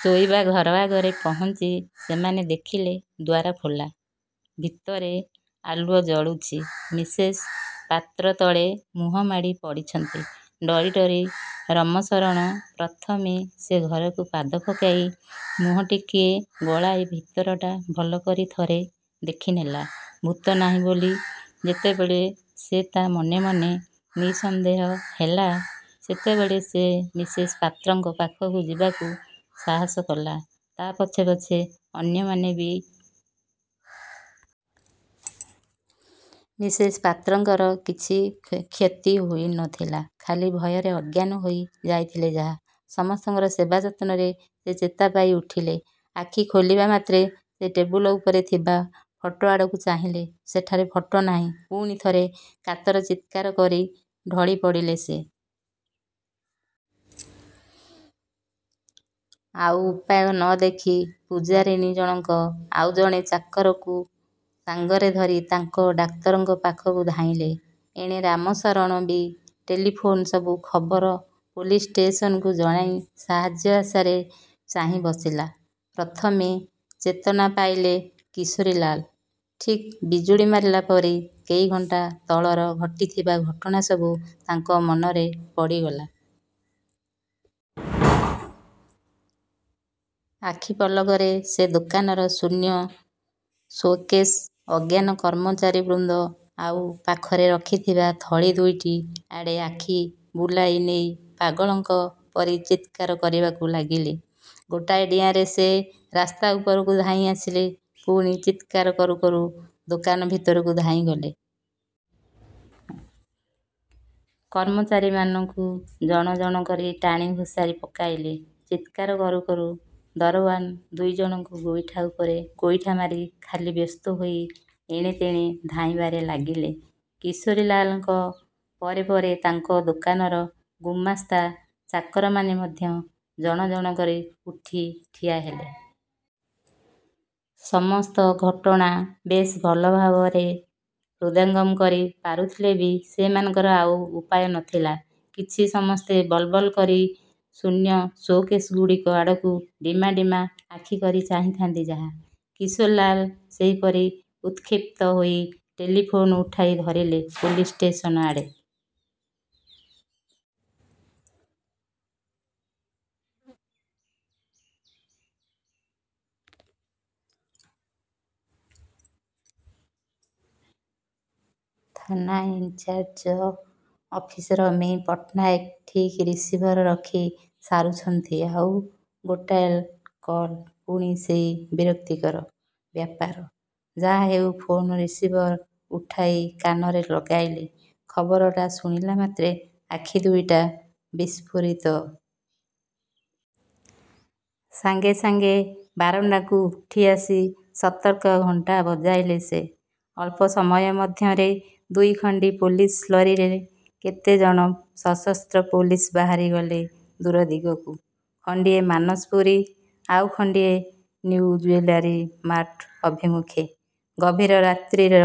ଶୋଇବା ଘର ଆଗରେ ପପହଞ୍ଚି ସେମାନେ ଦେଖିଲେ-ଦ୍ୱାର ଖୋଲା, ଭିତରେ ଆଲୁଅ ଜଳୁଛି। ମିସେସ୍ ପାତ୍ର ତଳେ ମୁହଁ ମାଡ଼ି ପଡ଼ିଛନ୍ତି। ଡରି ଡରି ରମଶରଣ ପ୍ରଥମେ ସେ ଘରକୁ ପାଦ ପକାଇ ମୁହଁ ଟିକିଏ ଗଳାଇ ଭିତରଟା ଭଲ କରି ଥରେ ଦେଖିନେଲା। ଭୂତ ନାହିଁ ବୋଲି ଯେତେବେଳେ ସେ ତା' ମନେ ମନେ ନିଃସନ୍ଦେହ ହେଲା ସେତେବେଳେ ସେ ମିସେସ୍ ପାତ୍ରଙ୍କ ପାଖକୁ ଯିବାକୁ ସାହସ କଲା; ତା' ପଛେ ପଛେ ଅନ୍ୟମାନେ ବି। ମିସେସ୍ ପାତ୍ରଙ୍କର କିଛି କ୍ଷତି ହୋଇ ନଥିଲା। ଖାଲି ଭୟରେ ଅଜ୍ଞାନ ହୋଇ ଯାଇଥିଲେ ଯାହା। ସମସ୍ତଙ୍କର ସେବା ଯତ୍ନରେ ସେ ଚେତା ପାଇ ଉଠିଲେ। ଆଖି ଖୋଲିବା ମାତ୍ରେ ସେ ଟେବୁଲ ଉପରେ ଥିବା ଫଟୋଆଡ଼କୁ ଚାହିଁଲେ; ସେଠାରେ ଫଟୋ ନାହିଁ। ପୁଣି ଥରେ କାତର ଚିତ୍କାର କରି ଢଳି ପଡ଼ିଲେ ସେ। ଆଉ ଉପାୟ ନ ଦେଖି ପୁଝାରୀଜଣକ ଆଉ ଜଣେ ଚାକରକୁ ସାଙ୍ଗରେ ଧରି ତାଙ୍କ ଡାକ୍ତରଙ୍କ ପାଖକୁ ଧାଇଁଲେ। ଏଣେ ରାମଶରଣ ବି ଟେଲିଫୋନ୍ରେ ସବୁ ଖବର ପୋଲିସ୍ ଷ୍ଟେସନ୍କୁ ଜଣାଇ ସାହାଯ୍ୟ ଆଶାରେ ଚାହିଁ ବସିଲା। ପ୍ରଥମେ ଚେତନା ପାଇଲେ କିଶୋରୀଲାଲ। ଠିକ୍ ବିଜୁଳି ମାରିଲା ପରି କେଇଘଣ୍ଟା ତଳର ଘଟିଥିବା ଘଟଣା ସବୁ ତାଙ୍କ ମନରେ ପଡ଼ିଗଲା। ଆଖି ପଲକରେ ସେ ଦୋକାନର ଶୂନ୍ୟ ସୋ'କେଶ୍, ଅଜ୍ଞାନ କର୍ମଚାରୀ ବୃନ୍ଦ, ଆଉ ପାଖରେ ରଖିଥିବା ଥଳି ଦୁଇଟି ଆଡ଼େ ଆଖି ବୁଲାଇ ନେଇ ପାଗଳଙ୍କ ପରି ଚିତ୍କାର କରିବାକୁ ଲାଗିଲେ। ଗୋଟାଏ ଡିଆଁରେ ସେ ରାସ୍ତା ଉପରକୁ ଧାଇଁ ଆସିଲେ। ପୁଣି ଚିତ୍କାର କରୁ କରୁ ଦୋକାନ ଭିତରକୁ ଧାଇଁ ଗଲେ। କର୍ମଚାରୀମାନଙ୍କୁ ଜଣ ଜଣ କରି ଟାଣି ଘୋଷାରି ପକାଇଲେ।। ଚିତ୍କର କରୁ କରୁ ଦରଓ୍ୱାନ୍ ଦୁଇଜଣଙ୍କୁ ଗୋଇଠା ଉପରେ ଗୋଇଠା ମାରି ଖାଲି ବ୍ୟସ୍ତ ହୋଇ ଏଣେ ତେଣେ ଧାଇଁବାରେ ଲାଗିଲେ। କିଶୋରୀଲାଲଙ୍କ ପରେ ପରେ ତାଙ୍କ ଦୋକାନର ଗୁମାସ୍ତା, ଚାକରମାନେ ମଧ୍ୟ ଜଣ ଜଣ କରି ଉଠି ଠିଆହେଲେ। ସମସ୍ତେ ଘଟଣାଟା ବେଶ ଭଲ ଭାବରେ ହୃଦୟଙ୍ଗମ କରି ପାରୁଥିଲେ ବି ସେମାନଙ୍କର ଆଉ ଉପାୟ ନଥିଲା କିଛି; ସମସ୍ତେ ବଲ ବଲ କରି ଶୂନ୍ୟ ସୋ-କେଶ୍ଗୁଡ଼ିକ ଆଡ଼କୁ ଡିମା ଡିମା ଆଖି କରି ଚାହିଁଥାନ୍ତି ଯାହା। କିଶୋରୀଲାଲ ସେଇପରି ଉତ୍କ୍ଷିପ୍ତ ହୋଇ ଟେଲିଫୋନ୍ ଉଠାଇ ଧରିଲେ ପୋଲିସ୍ ଷ୍ଟେସନ୍ ଆଡ଼େ। ଥାନା ଇନ୍ଚାର୍ଯ ଅଫିସର ମି: ପଟ୍ଟନାୟକ ଠିକ୍ ରିସିଭର୍ ରଖି ସାରୁଛନ୍ତି-ଆଉ ଗୋଟାଏ କଲ୍! ପୁଣି ସେଇ ବିରକ୍ତିକର ବ୍ୟାପାର! ଯାହାହେଉ ଫୋନ୍ ରିସିଭର୍ ଉଠାଇ କାନରେ ଲଗାଇଲେ। ଖବରଟା ଶୁଣିଲା ମାତ୍ରେ ଆଖି ଦୁଇଟା ବିଷ୍ପୋରିତ ହୋଇଉଠିଲା ତାଙ୍କର। ''କ'ଣ? ନିଉ ଜୁଏଲାରୀ ମାର୍ଟ ଲୁଟ୍! '' ସାଙ୍ଗେ ସାଙ୍ଗେ ବାରଣ୍ଡାକୁ ଉଠିଆସି ସତର୍କ ଘଣ୍ଟା ବଜାଇଲେ ସେ। ଅଳ୍ପ ସମୟ ମଧ୍ୟରେ ଦୁଇଖଣ୍ଡି ପୋଲିସ୍ ଲରୀରେ କେତେଜଣ ସଶସ୍ତ୍ର ପୋଲିସ୍ ବାହାରି ଗଲେ ଦୂର ଦିଗକୁ। ଖଣ୍ଡିଏ ମାନସପୁରୀ, ଆଉ ଖଣ୍ଡିଏ ନିଉ ଜୁଏଲାରୀ ମାର୍ଟ ଅଭିମୁଖେ, ଗଭୀର ରାତ୍ରିର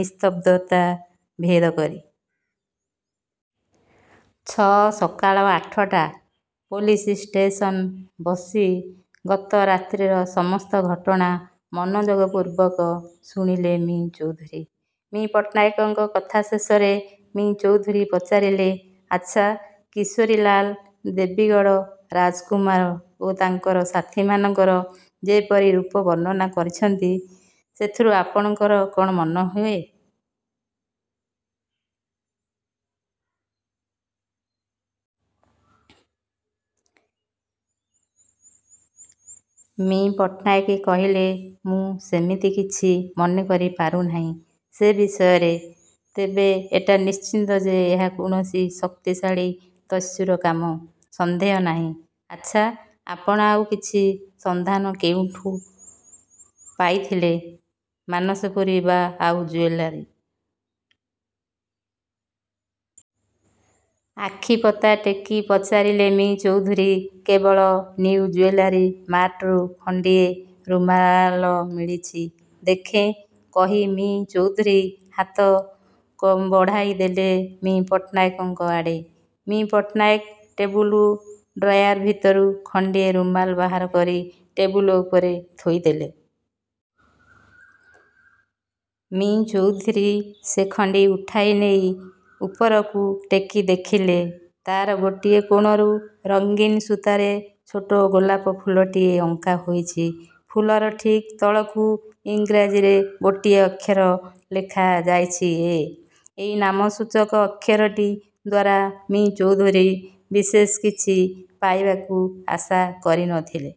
ନିସ୍ତବ୍ଧତା ଭେଦ କରି। -ଛଅ- ସକାଳ ଆଠଟା। ପୋଲିସ୍ ଷ୍ଟେସନରେ ବସି ଗତ ରାତିର ସମସ୍ତ ଘଟଣା ମନୋଯୋଗ ପୂର୍ବକ ଶୁଣୁଥିଲେ ମି: ଚୌଧୁରୀ। ମି: ପଟ୍ଟନାୟକଙ୍କ କଥା ଶେଷରେ ମି: ଚୌଧୁରୀ ପଚାରିଲେ, ''ଆଚ୍ଛା, କିଶୋରୀଲାଲ ଦେବୀଗଡ଼ ରାଜକୁମାର ଓ ତାଙ୍କର ସାଥୀମାନଙ୍କର ଯେପରି ରୂପ ବର୍ଣ୍ଣନା କରିଛନ୍ତି, ସେଥିରୁ ଆପଣଙ୍କର କ'ଣ ମନେ ହୁଏ? '' ମି: ପଟ୍ଟନାୟକ କହିଲେ, ''ମୁଁ ସେମିତି କିଛି ମନେ କରି ପାରୁନାହିଁ। ସେ ବିଷୟରେ ତେବେ ଏଟା ନିଶ୍ଚିତ ଯେ ଏହା କୌଣସି ଶକ୍ତିଶାଳୀ ଦସ୍ୟୁର କାମ, ସନ୍ଦେହ ନାହିଁ। '' ''ଆଚ୍ଛା, ଆପଣ ଆଉ କିଛି ସନ୍ଧାନ କେଉଁଠୁ ପାଇଥିଲେ; ମାନସପୁରୀ ବା ଆଉ ଜୁଏଲାରୀମାର୍ଟରୁ? '' ଆଖିପତା ଟେକି ପଚାରିଲେ ମି: ଚୌଧୁରୀ। କେବଳ ନିଉ ଜୁଏଲାରୀ ମାର୍ଟରୁ ଖଣ୍ଡିଏ ରୁମାଲ ମିଳିଛି। '' 'ଦେଖେଁ' କହି ମି: ଚୌଧୁରୀ ହାତ ବଢ଼ାଇ ଦେଲେ ମି: ପଟ୍ଟନାୟକଙ୍କ ଆଡ଼େ। ମି: ପଟ୍ଟନାୟକ ଟେବୁଲ ଡ୍ରାୟାର ଭିତରୁ ଖଣ୍ଡିଏ ରୁମାଲ ବାହାର କରି ଟେବୁଲ ଉପରେ ଥୋଇ ଦେଲେ। ମି: ଚୌଧୁରୀ ସେଖଣ୍ଡି ଉଠାଇ ନେଇ ଉପରକୁ ଟେକି ଦେଖିଲେ, ତା'ର ଗୋଟିଏ କୋଣକୁ ରଙ୍ଗୀନ୍ ସୂତାରେ ଛୋଟ ଗୋଲାପ ଫୁଲଟିଏ ଅଙ୍କା ହୋଇଛି। ଫୁଲର ଠିକ୍ ତଳକୁ ଇଂରାଜୀରେ ଗୋଟିଏ ଅକ୍ଷର ଲେଖା ଯାଇଛି 'ଏ'। ଏଇ ନାମସୂଚକ ଅକ୍ଷରଟି ଦ୍ୱାରା ମି: ଚୌଧୁରୀ ବିଶେଷ କିଛି ପାଇବାକୁ ଆଶା କରି ନ ଥିଲେ।